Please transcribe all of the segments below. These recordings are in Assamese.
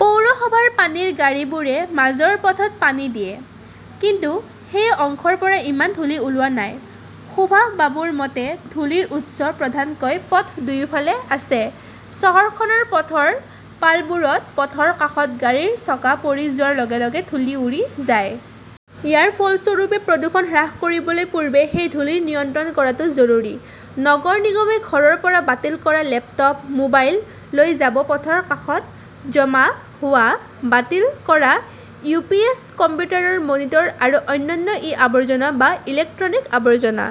পৌৰসভাৰ পানীৰ গাড়ীবোৰে মাজৰ পথত পানী দিয়ে। কিন্তু সেই অংশৰ পৰা ইমান ধূলি ওলোৱা নাই। সুভাষ বাবুৰ মতে, ধূলিৰ উৎস প্ৰধানকৈ পথ দুয়োফালে আছে। চহৰখনৰ পথৰ পালবোৰত পথৰ কাষত গাড়ীৰ চকা পৰি যোৱাৰ লগে-লগে ধূলি উৰি যায়। ইয়াৰ ফলস্বৰূপে, প্ৰদূষণ হ্ৰাস কৰিবলৈ পূৰ্বে সেই ধূলি নিয়ন্ত্ৰণ কৰাটো জৰুৰী। নগৰ নিগমে ঘৰৰ পৰা বাতিল কৰা লেপটপ, মোবাইল লৈ যাব পথৰ কাষত জমা হোৱা বাতিল কৰা ইউ. পি. এছ., কম্পিউটাৰৰ মনিটৰ আৰু অন্যান্য ই-আৱৰ্জনা বা ইলেক্ট্ৰনিক আৱৰ্জনা।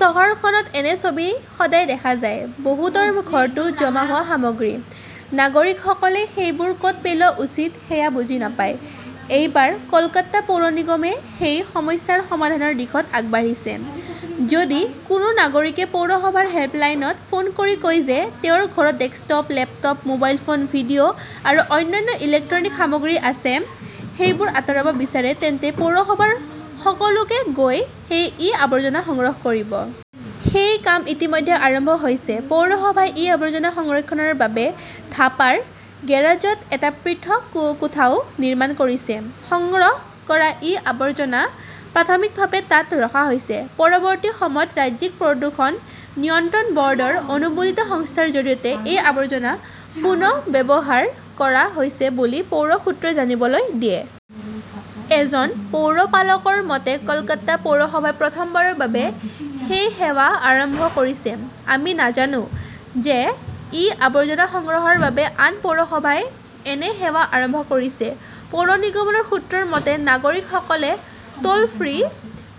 চহৰখনত এনে ছবি সদায় দেখা যায়। বহুতৰ ঘৰতো জমা হোৱা সামগ্ৰী। নাগৰিকসকলে সেইবোৰ কত পেলোৱা উচিত সেয়া বুজি নাপায়। এইবাৰ কলকাতা পৌৰ নিগমে সেই সমস্যাৰ সমাধানৰ দিশত আগবাঢ়িছে। যদি কোনো নাগৰিকে পৌৰসভাৰ হেল্পলাইনত ফোন কৰি কয় যে তেওঁৰ ঘৰত desktop, laptop, mobile phone, video আৰু অন্যান্য ইলেক্ট্ৰনিক সামগ্ৰী আছে সেইবোৰ আঁতৰাব বিচাৰে, তেন্তে পৌৰসভাৰ সকলোকে গৈ সেই ই-আৱৰ্জনা সংগ্ৰহ কৰিব। সেই কাম ইতিমধ্যে আৰম্ভ হৈছে। পৌৰসভাই ই-আৱৰ্জনা সংৰক্ষণৰ বাবে ধাপাৰ গেৰাজত এটা পৃথক কোঠাও নিৰ্মাণ কৰিছে। সংগ্ৰহ কৰা ই-আৱৰ্জনা প্ৰাথমিকভাৱে তাত ৰখা হৈছে। পৰৱৰ্তী সময়ত ৰাজ্যিক প্ৰদূষণ নিয়ন্ত্ৰণ বৰ্ডৰ অনুমোদিত সংস্থাৰ জৰিয়তে এই আৱৰ্জনা পুনৰ্ব্যৱহাৰ কৰা হৈছে বুলি পৌৰ সূত্ৰই জানিবলৈ দিয়ে। এজন পৌৰপালকৰ মতে, কলকাতা পৌৰসভাই প্ৰথমবাৰৰ বাবে এই সেৱা আৰম্ভ কৰিছে। আমি নাজানো যে ই-আৱৰ্জনা সংগ্ৰহৰ বাবে আন পৌৰসভাই এনে সেৱা আৰম্ভ কৰিছে। পৌৰ নিগমৰ সূত্ৰৰ মতে, নাগৰিকসকলে টোল-ফ্ৰী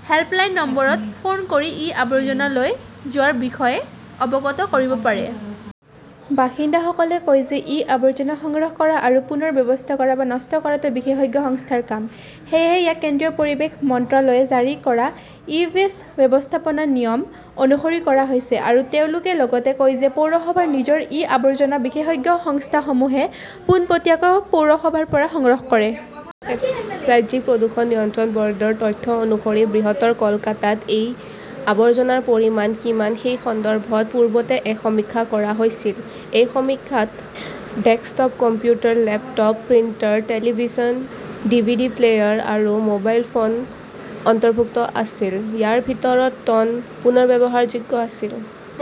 হেল্প লাইন নম্বৰত ফোন কৰি ই-আৱৰ্জনা লৈ যোৱাৰ বিষয়ে অৱগত কৰিব পাৰে। বাসিন্দাসকলে কয় যে ই-আৱৰ্জনা সংগ্ৰহ কৰা আৰু পুনৰ ব্যৱস্থা কৰা বা নষ্ট কৰাটো বিশেষজ্ঞ সংস্থাৰ কাম। সেয়েহে ইয়াক কেন্দ্ৰীয় পৰিৱেশ মন্ত্ৰালয়ে জাৰি কৰা 'ই-ৱেষ্ট ব্যৱস্থাপনা নিয়ম, অনুসৰি কৰা হৈছে। আৰু তেওঁলোকে লগতে কয় যে পৌৰসভাৰ নিজৰ ই-আৱৰ্জনা বিশেষজ্ঞ সংস্থাসমূহে পোনপটীয়াকৈ পৌৰসভাৰ পৰা সংগ্ৰহ কৰে। ৰাজ্যিক প্ৰদূষণ নিয়ন্ত্ৰণ বৰ্ডৰ তথ্য অনুসৰি বৃহত্তৰ কলকাতাত ই-আৱৰ্জনাৰ পৰিমাণ কিমান সেই সন্দৰ্ভত পূৰ্বতে এক সমীক্ষা কৰা হৈছিল। এই সমীক্ষাত desktop computer, laptop, printer, television, DVD player আৰু মোবাইল ফোন অন্তৰ্ভুক্ত আছিল। ইয়াৰ ভিতৰত টন পুনৰ্ব্যৱহাৰযোগ্য আছিল।